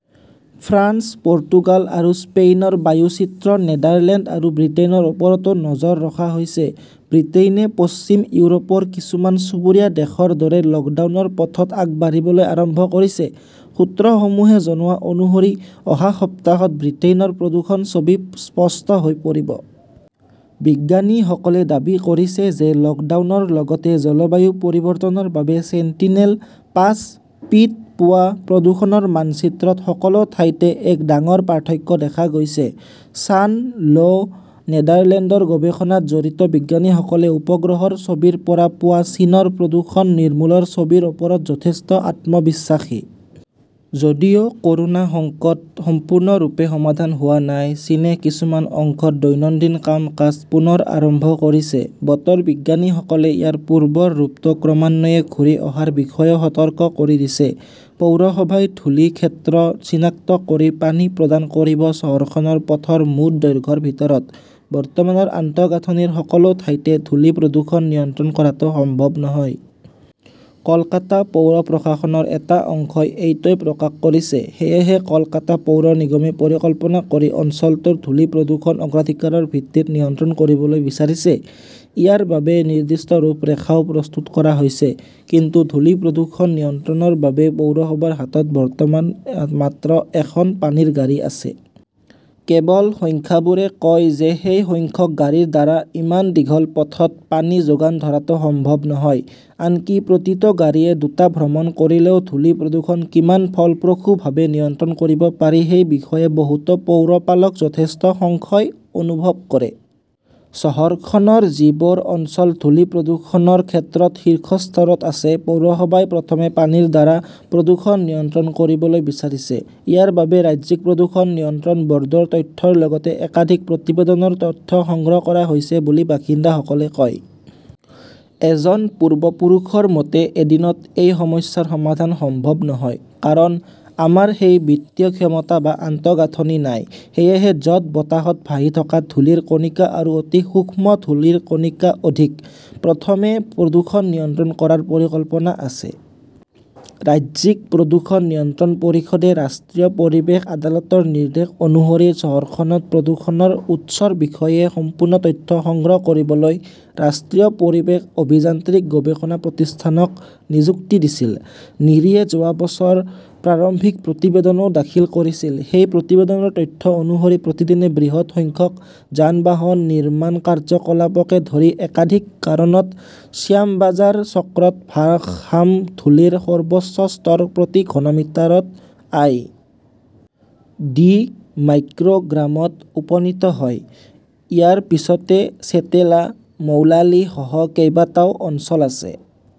France, Portugal আৰু স্পেইনৰ বায়ুচিত্ৰ, নেদাৰলেণ্ড আৰু ব্ৰিটেইনৰ ওপৰতো নজৰ ৰখা হৈছে। ব্ৰিটেইনে পশ্চিম ইউৰোপৰ কিছুমান চুবুৰীয়া দেশৰ দৰে লকডাউনৰ পথত আগবাঢ়িবলৈ আৰম্ভ কৰিছে। সূত্ৰসমূহে জনোৱা অনুসৰি অহা সপ্তাহত ব্ৰিটেইনৰ প্ৰদূষণ-ছবি স্পষ্ট হৈ পৰিব। বিজ্ঞানীসকলে দাবী কৰিছে যে লকডাউনৰ লগতে জলবায়ু পৰিৱৰ্তনৰ বাবে ছেণ্টিনেল-পাঁচ পি-ত পোৱা প্ৰদূষণৰ মানচিত্ৰত সকলো ঠাইতে এক ডাঙৰ পাৰ্থক্য দেখা গৈছে। ছান 'ল নেদাৰলেণ্ডৰ গৱেষণাত জড়িত বিজ্ঞানীসকলে উপগ্ৰহৰ ছবিৰ পৰা পোৱা চীনৰ প্ৰদূষণ নিৰ্মূলৰ ছবিৰ ওপৰত যথেষ্ট আত্মবিশ্বাসী। যদিও কৰোনা সংকট সম্পূৰ্ণৰূপে সমাধান হোৱা নাই, চীনে কিছুমান অংশত দৈনন্দিন কাম-কাজ পুনৰ আৰম্ভ কৰিছে। বতৰ বিজ্ঞানীসকলে ইয়াৰ পূৰ্বৰ ৰূপটো ক্ৰমান্বয়ে ঘূৰি অহাৰ বিষয়েও সতৰ্ক কৰি দিছে। পৌৰসভাই ধূলি-ক্ষেত্ৰ চিনাক্ত কৰি পানী প্ৰদান কৰিব চহৰখনৰ পথৰ মুঠ দৈৰ্ঘ্যৰ ভিতৰত, বৰ্তমানৰ আন্তঃগাঁথনিৰ সকলো ঠাইতে ধূলি প্ৰদূষণ নিয়ন্ত্ৰণ কৰাটো সম্ভৱ নহয়। কলকাতা পৌৰ প্ৰশাসনৰ এটা অংশই এইটোৱেই প্ৰকাশ কৰিছে। সেয়েহে কলকাতা পৌৰ নিগমে পৰিকল্পনা কৰি অঞ্চলটোৰ ধূলি-প্ৰদূষণ অগ্ৰাধিকাৰৰ ভিত্তিত নিয়ন্ত্ৰণ কৰিবলৈ বিচাৰিছে। ইয়াৰ বাবে নিৰ্দিষ্ট ৰূপৰেখাও প্ৰস্তুত কৰা হৈছে। কিন্তু ধূলি-প্ৰদূষণ নিয়ন্ত্ৰণৰ বাবে পৌৰসভাৰ হাতত বৰ্তমান মাত্ৰ এখন পানীৰ গাড়ী আছে। কেৱল সংখ্যাবোৰে কয় যে সেই সংখ্যক গাড়ীৰ দ্বাৰা ইমান দীঘল পথত পানী যোগান ধৰাটো সম্ভৱ নহয়। আনকি প্ৰতিটো গাড়ীয়ে দুটা ভ্ৰমণ কৰিলেও ধূলি-প্ৰদূষণ কিমান ফলপ্ৰসূভাৱে নিয়ন্ত্ৰণ কৰিব পাৰি সেই বিষয়ে বহুতো পৌৰপালক যথেষ্ট সংশয় অনুভৱ কৰে। চহৰখনৰ যিবোৰ অঞ্চল ধূলি-প্ৰদূষণৰ ক্ষেত্ৰত শীৰ্ষ স্তৰত আছে, পৌৰসভাই প্ৰথমে পানীৰ দ্বাৰা প্ৰদূষণ নিয়ন্ত্ৰণ কৰিবলৈ বিচাৰিছে। ইয়াৰ বাবে ৰাজ্যিক প্ৰদূষণ নিয়ন্ত্ৰণ বৰ্ডৰ তথ্যৰ লগতে একাধিক প্ৰতিবেদনৰ তথ্য সংগ্ৰহ কৰা হৈছে বুলি বাসিন্দাসকলে কয়। এজন পূৰ্বপুৰুষৰ মতে, এদিনত এই সমস্যাৰ সমাধান সম্ভৱ নহয়। কাৰণ, আমাৰ সেই বিত্তীয় ক্ষমতা বা আন্তঃগাঁথনি নাই। সেয়েহে য'ত বতাহত ভাহি থকা ধূলিৰ কণিকা আৰু অতি সূক্ষ্ম ধূলিৰ কণিকা অধিক, প্ৰথমে প্ৰদূষণ নিয়ন্ত্ৰণ কৰাৰ পৰিকল্পনা আছে। ৰাজ্যিক প্ৰদূষণ নিয়ন্ত্ৰণ পৰিষদে ৰাষ্ট্ৰীয় পৰিৱেশ আদালতৰ নিৰ্দেশ অনুসৰি চহৰখনত প্ৰদূষণৰ উৎসৰ বিষয়ে সম্পূৰ্ণ তথ্য সংগ্ৰহ কৰিবলৈ ৰাষ্ট্ৰীয় পৰিৱেশ অভিযান্ত্ৰিক গৱেষণা প্ৰতিষ্ঠানক নিযুক্তি দিছিল। নিৰীয়ে যোৱা বছৰ প্ৰাৰম্ভিক প্ৰতিবেদনও দাখিল কৰিছিল। সেই প্ৰতিবেদনৰ তথ্য অনুসৰি, প্ৰতিদিনে বৃহৎ সংখ্যক যান-বাহন, নিৰ্মাণ কাৰ্যকলাপকে ধৰি একাধিক কাৰণত শ্যামবাজাৰ চক্ৰত ভাসমান ধূলিৰ সৰ্বোচ্চ স্তৰ প্ৰতি ঘনমিটাৰত আই. ডি. মাইক্ৰ গ্ৰামত উপনীত হয়। ইয়াৰ পিছতে চেটলা, মৌলালী সহ কেইবাটাও অঞ্চল আছে।